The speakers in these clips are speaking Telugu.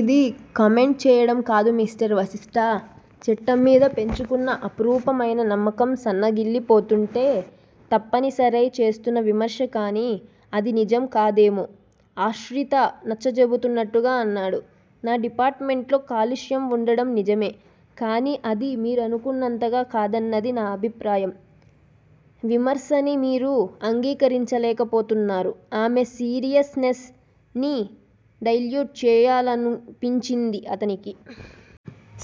ఇది కామెంట్ చేయడం కాదు మిస్టర్ వశిష్టా! చట్టంమీద పెంచుకున్న అపురూపమైన నమ్మకం సన్నగిల్లి పోతుంటే తప్పనిసరై చేస్తున్న విమర్శ కాని అది నిజం కాదేమో ఆశ్రితా నచ్చచెబుతున్నట్టుగా అన్నాడు. నా డిపార్ట్మెంటులో కాలుష్యం వుండటం నిజమే! కాని అది మీరనుకున్నంతగా కాదన్నది నా అభిప్రాయం విమర్సని మీరు అంగీకరించలేకపోతున్నారు ఆమె సీరియస్ నెస్ ని డైల్యూట్ చేయాలనిపించింది అతనికి.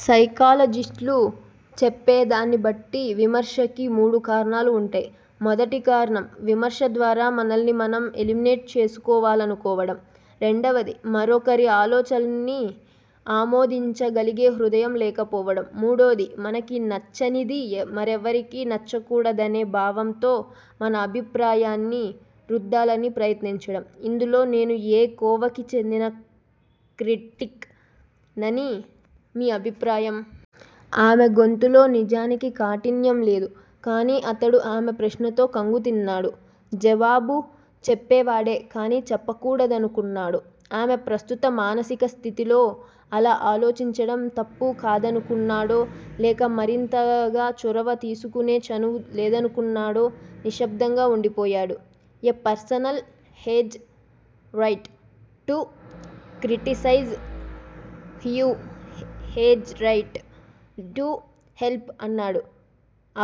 సైకాలజిస్టులు చెప్పేదాన్ని బట్టి విమర్శకి మూడు కారణాలు వుంటాయి. మొదటి కారణం- విమర్శ ద్వారా మనల్ని మనం ఎలిమినెట్ చేసుకోవాలనుకోవటం, రెండోది-మరొకరి ఆలోచనల్ని ఆమోదించగలిగే హృదయం లేకపోవడం, మూడోది- మనకి నచ్చనిది మరెవరికీ నచ్చకూడదనే భావంతో మన అభిప్రాయాన్ని రుద్దాలని ప్రయత్నించడం ఇందులో నేను ఏ కోవకి చెందిన క్రిటిక్ నని మీ అభిప్రాయం. ఆమె గొంతులో నిజానికి కాఠిన్యం లేదు. కాని అతడు ఆమె ప్రశ్నతో ఖంగుతిన్నాడు. జవాబు చెప్పేవాడే! కాని చెప్పకూడదనుకున్నాడు. ఆమె ప్రస్తుత మానసిక స్థితిలో అలా ఆలోచించడం తప్పు కాదనుకున్నాడో, లేక మరింతగా చొరవ తీసుకునే చనువ్ లేదనుకున్నాడో నిశ్శబ్దంగా వుండిపోయాడు. A personal has right to criticise who has right to help అన్నాడు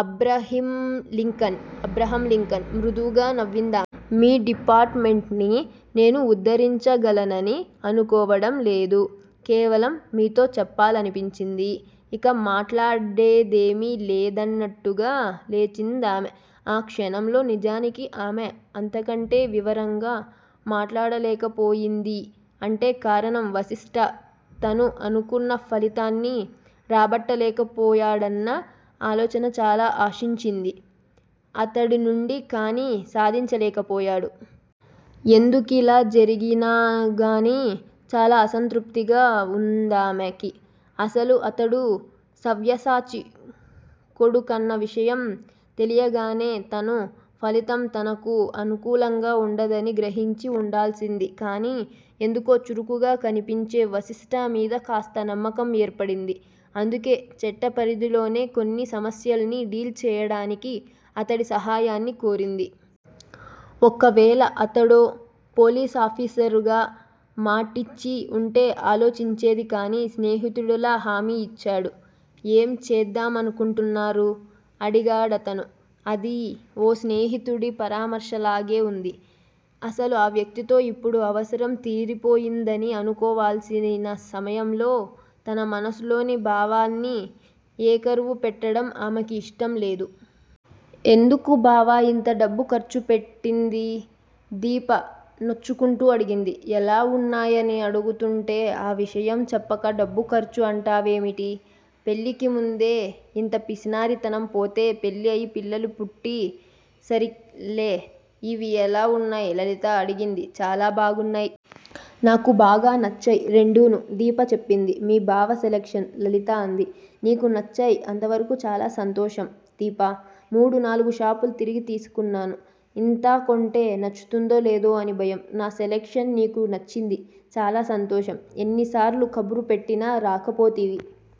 అబ్రహంలింకన్ మృదువుగా నవ్విందా. మీ డిపార్టుమెంటుని నేను ఉద్దరించగలనని అనుకోవడంలేదు. కేవలం మీతో చెప్పాలనిపించింది. ఇక మాట్లాడేదేమీ లేదన్నట్లుగా లేచిందామె. ఆ క్షణంలో నిజానికి ఆమె అంతకంటే వివరంగా మాట్లాడలేకపోయిందీ అంటే కారణం వశిష్ట తను అనుకున్న ఫలితాన్ని రాబట్టలేక పోయాడన్న ఆలోచన చాలా ఆశించింది అతడినుండి కాని సాధించలేకపోయాడు. ఎందుకిలా జరిగినాగాని చాలా అసంతృప్తిగా వుందామెకి. అసలు అతడు సవ్యసాచి కొడుకన్న విషయం తెలియగానే తను ఫలితం తనకు అనుకూలంగా వుండదని గ్రహించి వుండాల్సింది కాని ఎందుకో చురుకుగా కనిపించే వశిష్ట మీద కాస్త నమ్మకం ఏర్పడింది. అందుకే చట్టపరిధిలోనే కొన్ని సమస్యల్ని డీల్ చేయడానికి అతడి సహాయాన్ని కోరింది. ఒకవేళ అతడో పోలీసాఫీసర్ గా మాటిచ్చి వుంటే ఆలోచించేది కాని స్నేహితుడిలా హామీ యిచ్చాడు. ఏం చేద్దామనుకుంటున్నారు? అడిగాడతను. అదీ ఓ స్నేహితుడి పరామర్శలాగే వుంది. అసలు ఈ వ్యక్తితో ఇప్పుడు అవసరం తీరిపోయిందని అనుకోవాల్సిని సమయంలో తన మనసులోని భావాన్ని ఏకరువు పెట్టడం ఆమెకీ ఇష్టంలేదు. ఎందుకు బావా యింత డబ్బు ఖర్చుపెట్టింది. దీప నొచ్చుకుంటూ అడిగింది. ఎలా వున్నాయని అడుగుతుంటే ఆ విషయం చెప్పక డబ్బు ఖర్చు అంటావేమిటి. పెళ్ళికి ముందే ఇంత పిసినారితనం పోతే పెళ్ళి అయి పిల్లలు పుట్టి సరిలే ఇవి ఎలా వున్నాయి లలిత అడిగింది. చాలా బాగున్నాయి. నాకు బాగా నచ్చాయ్ రెండూను దీప చెప్పింది. మీ బావ సెలక్షను లలిత అంది. నీకు నచ్చాయి అంతవరకూ చాలా సంతోషం దీపా! మూడునాలుగు షాపులు తిరిగి తీసుకున్నాను. ఇంతాకొంటే నచ్చుతుందో లేదో అని భయం. నా సెలక్షన్ నీకు నచ్చింది చాలా సంతోషం ఎన్నిసార్లు కబురు పెట్టినా రాకపోతివి.